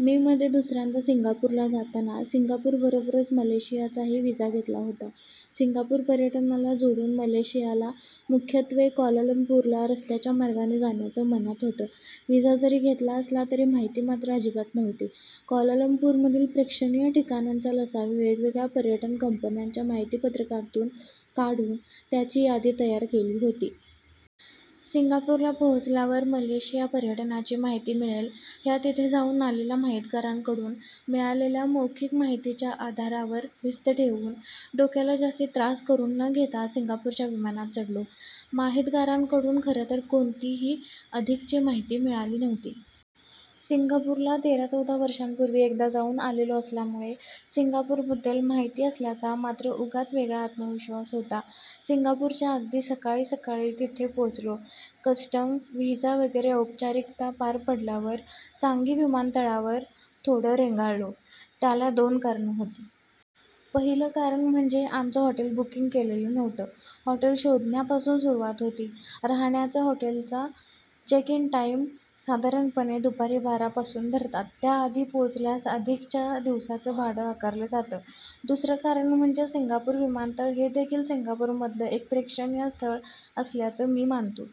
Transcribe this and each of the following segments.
मे मधे दुसऱ्यांदा सिंगापूरला जाताना, सिंगापूर बरोबरच मलेशियाचाही व्हिसा घेतला होता. सिंगापूर पर्यटनाला जोडून मलेशियाला, मुख्यत्वे क्वालालंपूरला रस्त्याच्या मार्गाने जाण्याचं मनात होतं. व्हिसा जरी घेतला असला तरी माहिती मात्र अजिबात नव्हती. क्वालालंपूरमधील प्रेक्षणीय ठिकाणांचा 'लसावि' वेगवेगळ्या पर्यटन कंपन्यांच्या माहितीपत्रकांतून काढून त्याची यादी तयार केली होती. 'सिंगापूरला पोहोचल्यावर मलेशिया पर्यटनाची माहिती मिळेल' ह्या तिथे जाऊन आलेल्या 'माहितगारांकडून' मिळालेल्या मौखिक माहितीच्या आधारावर भिस्त ठेवून, डोक्याला जास्ती त्रास करून न घेता सिंगापूरच्या विमानात चढलो. माहितगारांकडूनही खरंतर कोणतीही अधिकची माहिती मिळाली नव्हती. सिंगापूरला तेरा- चौदा वर्षांपूर्वी, एकदा जाऊन आलेलो असल्यामुळे, सिंगापूरबद्दल माहिती असल्याचा मात्र उगाच वेगळा आत्मविश्वास होता. सिंगापूरच्या अगदी सक्काळी सक्काळी तिथे पोहोचलो. कस्टम, व्हिसा वगैरे औपचारिकता पार पडल्यावर, चांगी विमानतळावर थोडं रेंगाळलो. त्याला दोन कारणं होती. पहिलं कारण म्हणजे, आमचं हॉटेल बुकिंग केलेलं नव्हतं. हॉटेल शोधण्यापासून सुरुवात होती. राहण्याच्या हॉटेलांचा 'चेक इन टाईम' साधारणपणे दुपारी बारा पासून धरतात, त्याआधी पोहोचल्यास अधिकच्या दिवसाचं भाडं आकारलं जातं. दुसरं कारण म्हणजे सिंगापूर विमानतळ हे देखील सिंगापूरमधलं एक प्रेक्षणीय स्थळ असल्याचं मी मानतो.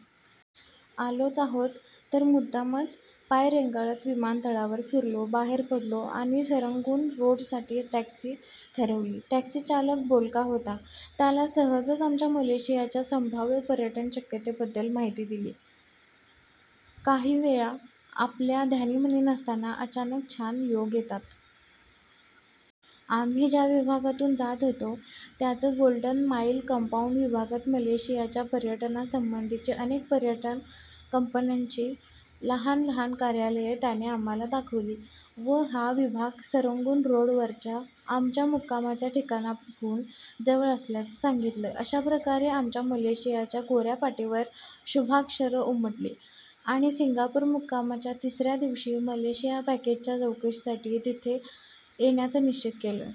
आलोच आहोत तर मुद्दामच पाय रेंगाळत, विमानतळावर फिरलो. बाहेर पडलो आणि सरंगून रोडसाठी टॅक्सी ठरवली. टॅक्सी चालक बोलका होता. त्याला सहजच आमच्या मलेशियाच्या संभाव्य पर्यटन शक्यतेबद्दल माहिती दिली. काही वेळा, आपल्या ध्यानीमनी नसताना अचानक छान योग येतात. आम्ही ज्या विभागातून जात होतो त्याच 'गोल्डन माईल कंपाउंड' विभागात मलेशियाच्या पर्यटनासंबंधीची अनेक पर्यटन कंपन्यांची लहान लहान कार्यालयं त्याने आम्हाला दाखवली व हा विभाग सरंगून रोडवरच्या आमच्या मुक्कामाच्या ठिकाणाहून जवळ असल्याचं सांगितलं. अशाप्रकारे आमच्या मलेशियाच्या कोऱ्या पाटीवर शुभाक्षरं उमटली आणि सिंगापूर मुक्कामाच्या तिसऱ्या दिवशी मलेशिया पॅकेजच्या चौकशीसाठी तिथे येण्याचं निश्चित केलं.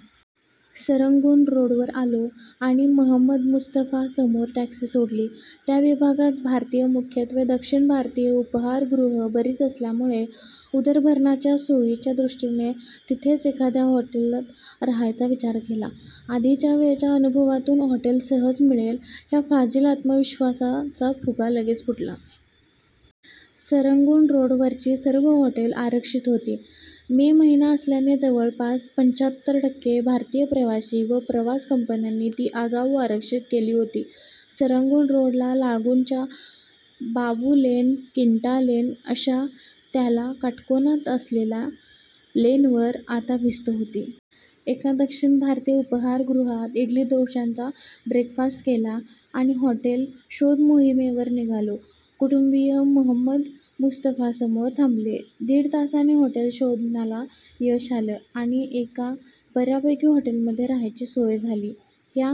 सरंगून रोडवर आलो आणि 'महंमद मुस्तफा'समोर टॅक्सी सोडली. त्या विभागात भारतीय, मुख्यत्वे दक्षिण भारतीय उपहारगृह बरीच असल्यामुळे, उदरभरणाच्या सोयीच्या दृष्टीने, तिथेच एखाद्या हॉटेलात राहायचा विचार होता. आधीच्या वेळच्या अनुभवातून हॉटेल सहज मिळेल ह्या फाजील आत्मविश्वासाचा फुगा लगेचच फुटला. सरंगून रोडवरची सर्व हॉटेलं आरक्षित होती. मे महिना असल्याने जवळपास पंच्याहत्तर टक्के भारतीय प्रवासी व प्रवास कंपन्यांनी ती आगाऊ आरक्षित केली होती. सरंगून रोडला लागूनच्या बाबू लेन, किंटा लेन अशा त्याला काटकोनात असलेल्या लेनवर आता भिस्त होती. एका दक्षिण भारतीय उपहारगृहात इडली, डोशांचा ब्रेकफास्ट केला आणि हॉटेल शोधमोहिमेवर निघालो. कुटुंबीय महंमद मुस्तफासमोर थांबले. दीड तासाने हॉटेल शोधनाला यश आलं आणि एका बऱ्यापैकी हॉटेलमध्ये राहायची सोय झाली. ह्या